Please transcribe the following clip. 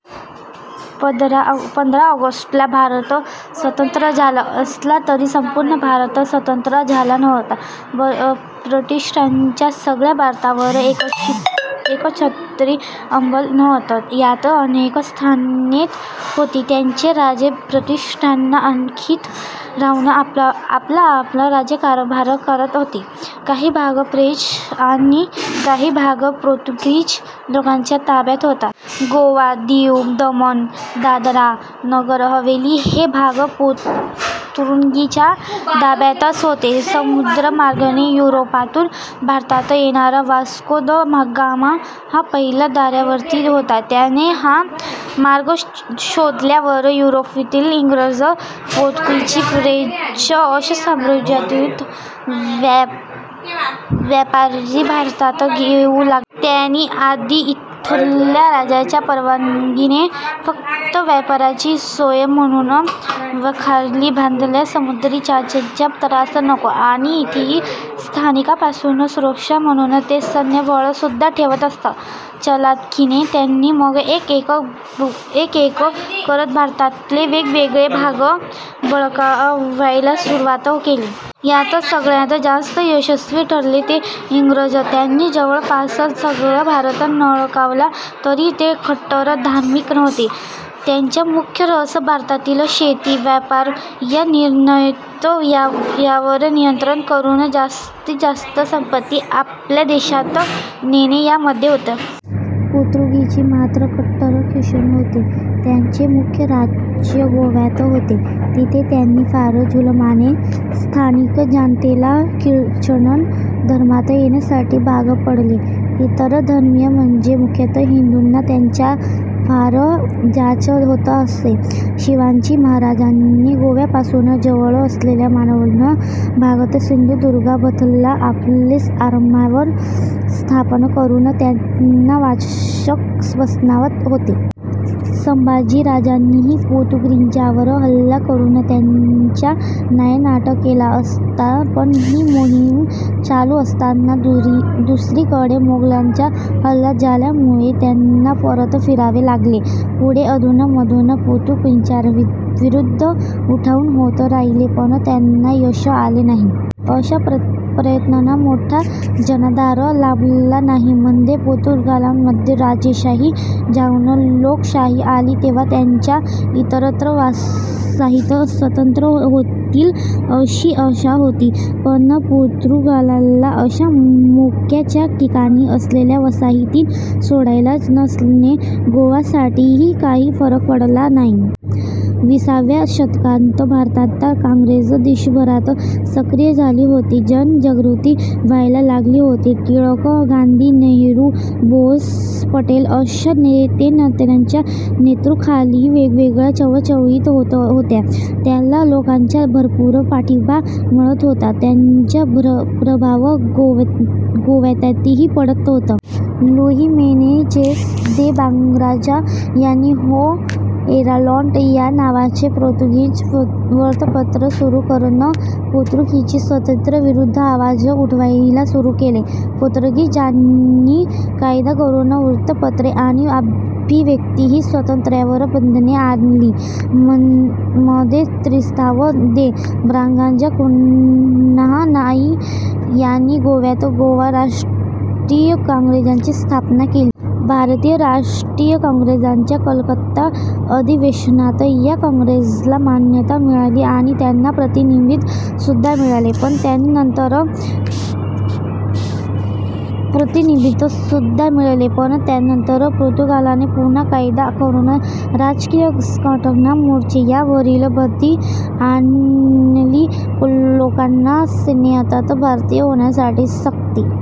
पंधरा ऑगस्ट ला भारत स्वतंत्र झाला असला तरी संपुर्ण भारत स्वतंत्र झाला नव्हता. ब्रिटिशांचा सगळ्या भारतावर एकछत्री अंमल नव्हता. त्यात अनेक संस्थाने होती, त्यांचे राजे ब्रिटिशांना अंकित राहुन आपापला राज्यकारभार करत होते. काही भाग फ्रेंच आणि काही भाग पोर्तुगीज लोकांच्या ताब्यात होता. गोवा, दीव, दमण, दादरा, नगर हवेली हे भाग पोर्तुगीजांच्या ताब्यात होते. समुद्र मार्गाने युरोपातुन भारतात येणारा वास्को द गामा हा पहिला दर्यावर्दी होता. त्याने हा मार्ग शोधल्यावर युरोपातील इंग्रज, पोर्तुगीज, फ्रेंच अशा साम्रज्यातून व्यापारी भारतात येऊ लागले. त्यांनी आधी इथल्या राजांच्या परवानगीने फक्त व्यापाराची सोय म्हणुन वखारी बांधल्या. समुद्री चाच्यांचा त्रास नको, आणि इथेही स्थानिकांपासुन सुरक्षा म्हणुन ते सैन्यबळ सुद्धा ठेवत असत. चलाखीने त्यांनी मग एक एक करत भारतातले वेगवेगळे भाग बळकावायला सुरुवात केली. यात सगळ्यात जास्त यशस्वी ठरले ते इंग्रज. त्यांनी जवळपास सगळा भारत बळकावला तरी ते कट्टर धार्मिक नव्हते. त्यांचा मुख्य रस भारतातील शेती, व्यापार, आयात निर्यात यावर नियंत्रण करून जास्तीत जास्त संपत्ती आपल्या देशात नेणे यामध्ये होता. पोर्तुगीज मात्र कट्टर ख्रिश्चन होते. त्यांचे मुख्य राज्य गोव्यात होते. तिथे त्यांनी फार जुलमाने स्थानिक जनतेला ख्रिश्चन धर्मात येण्यासाठी भाग पाडले. इतर धर्मीय म्हणजे मुख्यतः हिंदूंना त्यांचा फार जाच होत असे. शिवाजी महाराजांनी गोव्यापासून जवळ असलेल्या मालवण भागात सिंधुदुर्ग बांधला, आपले आरमार स्थापन करून त्यांना वचक बसवला होता. संभाजी राजांनीही पोर्तुगीजांवर हल्ला करून त्यांचा नायनाट केला असता पण हि मोहीम चालू असताना दुसरीकडे मोगलांचा हल्ला झाल्यामुळे त्यांना परत फिरावे लागले. पुढे अधून मधून पोर्तुगीजांविरुद्ध उठाव होत राहिले पण त्यांना यश आले नाही. अशा प्रयत्नांना मोठा जनाधार लाभला नाही. मध्ये पोर्तुगालमध्ये राजेशाही जाऊन लोकशाही आली तेव्हा त्यांच्या इतरत्र वसाहती स्वतंत्र होतील अशी आशा होती, पण पोर्तुगालला अशा मोक्याच्या ठिकाणी असलेल्या वसाहती सोडायच्या नसल्याने गोव्यासाठी काही फरक पडला नाही. विसाव्या शतकात भारतात काँग्रेस देशभरात सक्रिय झाली होती. जनजागृती व्हायला लागली होती. टिळक, गांधी, नेहरू, बोस, पटेल अशा नेत्यांच्या नेतृत्वाखाली वेगवेगळ्या चळवळी होत होत्या त्याला लोकांचा भरपुर पाठिंबा मिळत होता. त्याचा प्रभाव गोव्यातही पडत होता. लुई मेनेझेस दे ब्रागांझा यांनी ओ हेराल्डो या नावाचे पोर्तुगीज वृत्तपत्र सुरु करून पोर्तुगीज सत्तेविरुद्ध आवाज उठवायला सुरु केले. पोर्तुगीजांनी कायदा करून वृत्तपत्रे, आणि अभिव्यक्ती स्वातंत्र्यावर बंधने आणली. मध्ये त्रिस्ताव दे ब्रागांझा कुन्हा यांनी गोव्यात गोवा राष्ट्रीय काँग्रेसची स्थापना केली. भारतीय राष्ट्रीय काँग्रेसच्या कलकत्ता अधिवेशनात या काँग्रेसला मान्यता मिळाली आणि त्यांना प्रतिनिधित्व सुद्धा मिळाले. पण त्यानंतर पोर्तुगालने पुन्हा कायदा करून राजकीय संघटना, मोर्चे यावर बंदी आणली. लोकांना सैन्यात भरती होण्यासाठी सक्ती